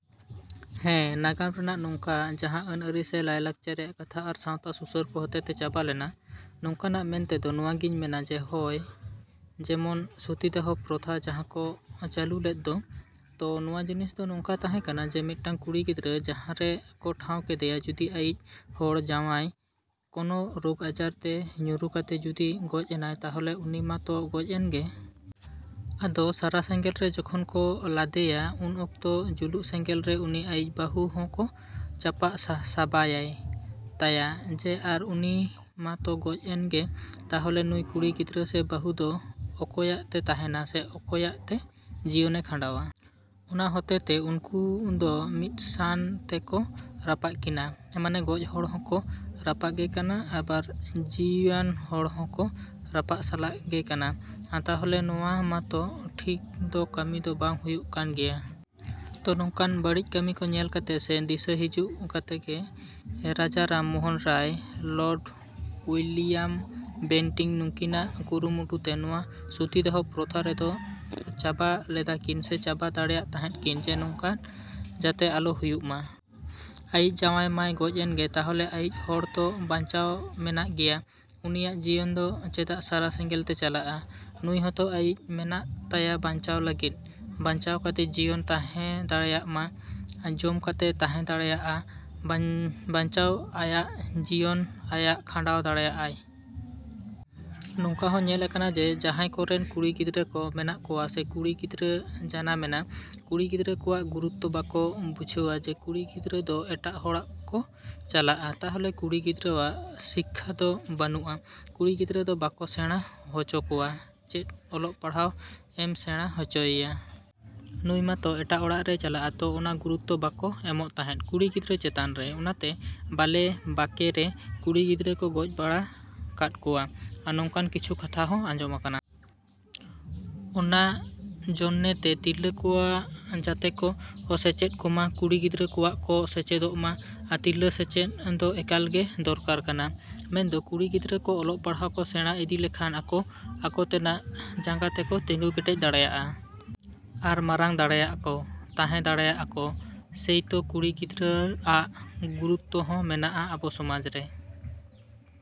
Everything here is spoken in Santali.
ᱦᱮᱸ, ᱱᱟᱜᱟᱢ ᱨᱮᱭᱟᱜ ᱱᱚᱝᱠᱟ ᱡᱟᱦᱟᱸ ᱟᱹᱱᱼᱟᱹᱨᱤ ᱥᱮ ᱞᱟᱭᱼᱞᱟᱠᱪᱟᱨ ᱨᱮᱭᱟᱜ ᱠᱟᱛᱷᱟ ᱟᱨ ᱥᱟᱶᱛᱟ ᱥᱩᱥᱟᱹᱨ ᱠᱚ ᱦᱚᱛᱮ ᱛᱮ ᱪᱟᱵᱟ ᱞᱮᱱᱟ, ᱱᱚᱝᱠᱟᱱᱟ ᱢᱮᱱᱛᱮᱫᱚ ᱱᱚᱣᱟ ᱜᱮᱧ ᱢᱮᱱᱟ ᱡᱮ ᱦᱚᱭ ᱡᱮᱢᱚᱱ ᱥᱚᱛᱤᱫᱟᱦᱚ ᱯᱚᱛᱷᱟ ᱡᱟᱦᱟᱸ ᱠᱚ ᱪᱟᱹᱞᱩ ᱞᱮᱫ ᱫᱚ, ᱛᱚ ᱱᱚᱣᱟ ᱡᱤᱱᱤᱥ ᱫᱚ ᱱᱚᱝᱠᱟ ᱛᱟᱦᱮᱸ ᱞᱟᱱᱟ ᱡᱮ ᱢᱤᱫᱴᱟᱝ ᱠᱩᱲᱤ ᱜᱤᱫᱽᱨᱟᱹ ᱡᱟᱦᱟᱸ ᱨᱮ ᱠᱚ ᱴᱷᱟᱶ ᱠᱮᱫᱮᱭᱟ ᱡᱩᱫᱤ ᱟᱭᱤᱡ ᱦᱚᱲ ᱡᱟᱶᱟᱭ ᱠᱚᱱᱚ ᱨᱚᱜᱽ ᱟᱡᱟᱨ ᱛᱮ ᱧᱩᱨᱩ ᱠᱟᱛᱮ ᱡᱩᱫᱤ ᱜᱚᱡ ᱮᱱᱟᱭ ᱛᱟᱦᱚᱞᱮ ᱩᱱᱤ ᱢᱟ ᱛᱚ ᱜᱚᱡ ᱮᱱ ᱜᱮ᱾ ᱟᱫᱚ ᱥᱟᱨᱦᱟ ᱥᱮᱸᱜᱮᱞ ᱨᱮ ᱡᱚᱠᱷᱚᱱ ᱠᱚ ᱞᱟᱫᱮᱭᱟ ᱩᱱ ᱚᱠᱛᱚ ᱡᱩᱞᱩᱜ ᱥᱮᱸᱜᱮᱞ ᱨᱮ ᱩᱱᱤ ᱟᱭᱤᱡ ᱵᱟᱹᱦᱩ ᱦᱚᱸ ᱠᱚ ᱪᱟᱯᱟᱜ ᱥᱟᱵᱟᱭᱮ ᱛᱟᱭᱟ ᱡᱮ ᱟᱨ ᱩᱱᱤ ᱢᱟ ᱛᱚ ᱜᱚᱡ ᱮᱱ ᱜᱮ ᱛᱟᱦᱚᱞᱮ ᱱᱩᱭ ᱠᱩᱲᱤ ᱜᱤᱫᱽᱨᱟᱹ ᱥᱮ ᱵᱟᱹᱦᱩ ᱫᱚ ᱚᱠᱚᱭᱟᱜ ᱛᱮ ᱛᱟᱦᱮᱱᱟ ᱥᱮ ᱚᱠᱚᱭᱟᱜ ᱛᱮ ᱡᱤᱭᱚᱱᱮ ᱠᱷᱟᱸᱰᱟᱣᱟ? ᱚᱱᱟ ᱦᱚᱛᱮ ᱛᱮ ᱩᱱᱠᱤᱱ ᱫᱚ ᱢᱤᱫᱥᱟᱱ ᱛᱮ ᱠᱚ ᱨᱟᱯᱟᱜ ᱠᱤᱱᱟ, ᱢᱟᱱᱮ ᱜᱚᱡ ᱦᱚᱲ ᱦᱚᱸ ᱠᱚ ᱨᱟᱯᱟᱜ ᱜᱮ ᱠᱟᱱᱟ ᱟᱵᱟᱨ ᱡᱤᱣᱤᱣᱟᱱ ᱦᱚᱲ ᱦᱚᱸ ᱠᱚ ᱨᱟᱯᱟᱜ ᱥᱟᱞᱟ ᱜᱮ ᱠᱟᱱᱟ᱾ ᱛᱟᱦᱚᱞᱮ ᱱᱚᱣᱟ ᱢᱟ ᱛᱚ ᱴᱷᱤᱠ ᱫᱚ ᱠᱟᱹᱢᱤ ᱫᱚ ᱵᱟᱝ ᱦᱩᱭ ᱠᱟᱱ ᱜᱮᱭᱟ᱾ ᱛᱚ ᱱᱚᱝᱠᱟᱱ ᱵᱟᱹᱲᱤᱡ ᱠᱟᱹᱢᱤ ᱠᱚ ᱧᱮᱞ ᱠᱟᱛᱮ ᱥᱮ ᱫᱤᱥᱟᱹ ᱦᱤᱡᱩᱜ ᱠᱟᱛᱮ ᱜᱮ Raja Rammohan Roy, Lord William Bentinck ᱱᱩᱠᱤᱱᱟᱜ ᱠᱩᱨᱩᱢᱩᱴᱩ ᱛᱮ ᱱᱚᱣᱟ ᱥᱚᱛᱤᱫᱟᱦᱚ ᱯᱚᱛᱷᱟ ᱨᱮᱫᱚ ᱪᱟᱵᱟ ᱞᱮᱫᱟ ᱠᱤᱱ ᱥᱮ ᱪᱟᱵᱟ ᱫᱟᱲᱮᱭᱟᱜ ᱛᱟᱦᱮᱸ ᱠᱤᱱ ᱡᱮ ᱱᱚᱝᱠᱟ ᱡᱟᱛᱮ ᱟᱞᱚ ᱦᱩᱭᱩᱜ ᱢᱟ᱾ ᱟᱭᱤᱡ ᱡᱟᱶᱟᱭ ᱢᱟᱭ ᱜᱚᱡ ᱮᱱ ᱜᱮ ᱛᱟᱦᱚᱞᱮ ᱟᱭᱤᱡ ᱦᱚᱲ ᱛᱚ ᱵᱟᱧᱪᱟᱣ ᱢᱮᱱᱟᱜ ᱜᱮᱭᱟ, ᱩᱱᱤᱭᱟᱜ ᱡᱤᱭᱚᱱ ᱫᱚ ᱪᱮᱫᱟᱜ ᱥᱟᱨᱦᱟ ᱥᱮᱸᱜᱮᱞᱮ ᱪᱟᱞᱟᱜᱼᱟ? ᱱᱩᱭ ᱦᱚᱸᱛᱚ ᱟᱹᱭᱫᱟᱹᱨ ᱢᱮᱱᱟᱜ ᱛᱟᱭᱟ ᱵᱟᱧᱪᱟᱣ ᱞᱟᱹᱜᱤᱫ ᱾ ᱵᱟᱧᱪᱟᱣ ᱠᱟᱛᱮ ᱡᱮᱢᱚᱱ ᱛᱟᱦᱮᱸ ᱫᱟᱲᱮᱭᱟᱜ ᱢᱟ, ᱡᱚᱢ ᱠᱟᱛᱮ ᱛᱟᱦᱮᱸ ᱫᱟᱲᱮᱭᱟᱜᱼᱟ, ᱵᱟᱧᱪᱟᱣ ᱟᱭᱟᱜ ᱡᱤᱭᱚᱱ ᱟᱭᱟᱜ ᱠᱷᱟᱸᱰᱟᱣ ᱫᱟᱲᱮᱭᱟᱜᱼᱟ᱾ ᱱᱚᱝᱠᱟ ᱦᱚ ᱧᱮᱞ ᱟᱠᱟᱱᱟ ᱡᱮ ᱡᱟᱦᱟᱸᱭ ᱠᱚᱨᱮᱱ ᱠᱩᱲᱤ ᱜᱤᱫᱽᱨᱟᱹ ᱠᱚ ᱢᱮᱱᱟᱜ ᱠᱚᱣᱟ ᱥᱮ ᱠᱩᱲᱤ ᱜᱤᱫᱽᱨᱟᱹ ᱡᱟᱱᱟᱢᱮᱱᱟ, ᱠᱩᱲᱤ ᱜᱤᱫᱽᱨᱟᱹ ᱠᱚᱣᱟᱜ ᱜᱩᱨᱩᱛᱛᱚ ᱵᱟᱠᱚ ᱵᱩᱡᱷᱟᱹᱣᱟ ᱡᱮ ᱠᱩᱲᱤ ᱜᱤᱫᱽᱨᱟᱹ ᱫᱚ ᱮᱴᱟᱜ ᱦᱚᱲᱟᱜ ᱠᱚ ᱪᱟᱞᱟᱜᱼᱟ᱾ ᱛᱟᱦᱚᱞᱮ ᱠᱩᱲᱤ ᱜᱤᱫᱽᱨᱟᱹᱣᱟᱜ ᱥᱤᱠᱠᱷᱟ ᱫᱚ ᱵᱟᱹᱱᱩᱜᱼᱟ, ᱠᱩᱲᱤ ᱜᱤᱫᱽᱨᱟᱹ ᱫᱚ ᱵᱟᱠᱚ ᱥᱮᱬᱟ ᱦᱚᱪᱚ ᱠᱚᱣᱟ ᱪᱮᱫ ᱚᱞᱚᱜ ᱯᱟᱲᱦᱟᱣ ᱮᱢ ᱥᱮᱬᱟ ᱦᱚᱪᱚᱭᱮᱭᱟ? ᱱᱩᱭ ᱢᱟ ᱛᱚ ᱮᱴᱟᱜ ᱚᱲᱟᱜ ᱨᱮᱭ ᱪᱟᱞᱟᱜᱼᱟ᱾ ᱛᱚ ᱚᱱᱟ ᱜᱩᱨᱩᱛᱛᱚ ᱵᱟᱠᱚ ᱮᱢᱚᱜ ᱛᱟᱦᱮᱸ ᱾ ᱠᱩᱲᱤ ᱜᱤᱫᱽᱨᱟᱹ ᱪᱮᱛᱟᱱ ᱨᱮ, ᱚᱱᱟᱛᱮ ᱵᱟᱞᱮ ᱵᱮᱠᱟᱨᱮ ᱠᱩᱲᱤ ᱜᱤᱫᱽᱨᱟᱹ ᱠᱚ ᱜᱚᱡ ᱵᱟᱲᱟᱜ ᱠᱟᱛ ᱠᱚᱣᱟ, ᱱᱚᱝᱠᱟᱱᱟ ᱠᱤᱪᱷᱩ ᱠᱟᱛᱷᱟ ᱠᱚ ᱟᱸᱡᱚᱢ ᱟᱠᱟᱱᱟ᱾ ᱚᱱᱟ ᱡᱚᱱᱱᱮ ᱛᱮ ᱛᱤᱨᱞᱟᱹ ᱠᱚᱣᱟᱜ ᱡᱟᱛᱮ ᱠᱚ ᱥᱮᱪᱮᱫ ᱠᱚᱢᱟ, ᱠᱩᱲᱤ ᱜᱤᱫᱽᱨᱟᱹ ᱠᱚᱣᱟᱜ ᱠᱚ ᱥᱮᱪᱮᱫᱚᱜ ᱢᱟ, ᱛᱤᱨᱞᱟᱹ ᱥᱮᱪᱮᱫ ᱫᱚ ᱮᱠᱟᱞ ᱜᱮ ᱫᱚᱨᱠᱟᱨ ᱠᱟᱱᱟ᱾ ᱢᱮᱱᱫᱚ ᱠᱩᱲᱤ ᱜᱤᱫᱽᱨᱟᱹ ᱠᱚ ᱚᱞᱚᱜ ᱯᱟᱲᱦᱟᱣ ᱠᱚ ᱥᱮᱬᱟ ᱤᱫᱤ ᱞᱮᱠᱷᱟᱱ ᱟᱠᱚ ᱟᱠᱚ ᱛᱮᱱᱟᱜ ᱡᱟᱸᱜᱟ ᱛᱮ ᱠᱚ ᱛᱤᱸᱜᱩ ᱠᱮᱴᱮᱡ ᱫᱟᱲᱮᱭᱟᱜᱼᱟ᱾ ᱟᱨ ᱢᱟᱨᱟᱝ ᱫᱟᱲᱮᱭᱟᱜᱼᱟ ᱠᱚ, ᱛᱟᱦᱮᱸ ᱫᱟᱲᱮᱭᱟᱜᱼᱟ ᱠᱚ, ᱥᱮᱭᱛᱚ ᱠᱩᱲᱤ ᱜᱤᱫᱽᱨᱟᱹᱟᱜ ᱜᱩᱨᱩᱛᱛᱚ ᱦᱚᱸ ᱢᱮᱱᱟᱜᱼᱟ ᱟᱵᱚ ᱥᱚᱢᱟᱽ ᱨᱮ᱾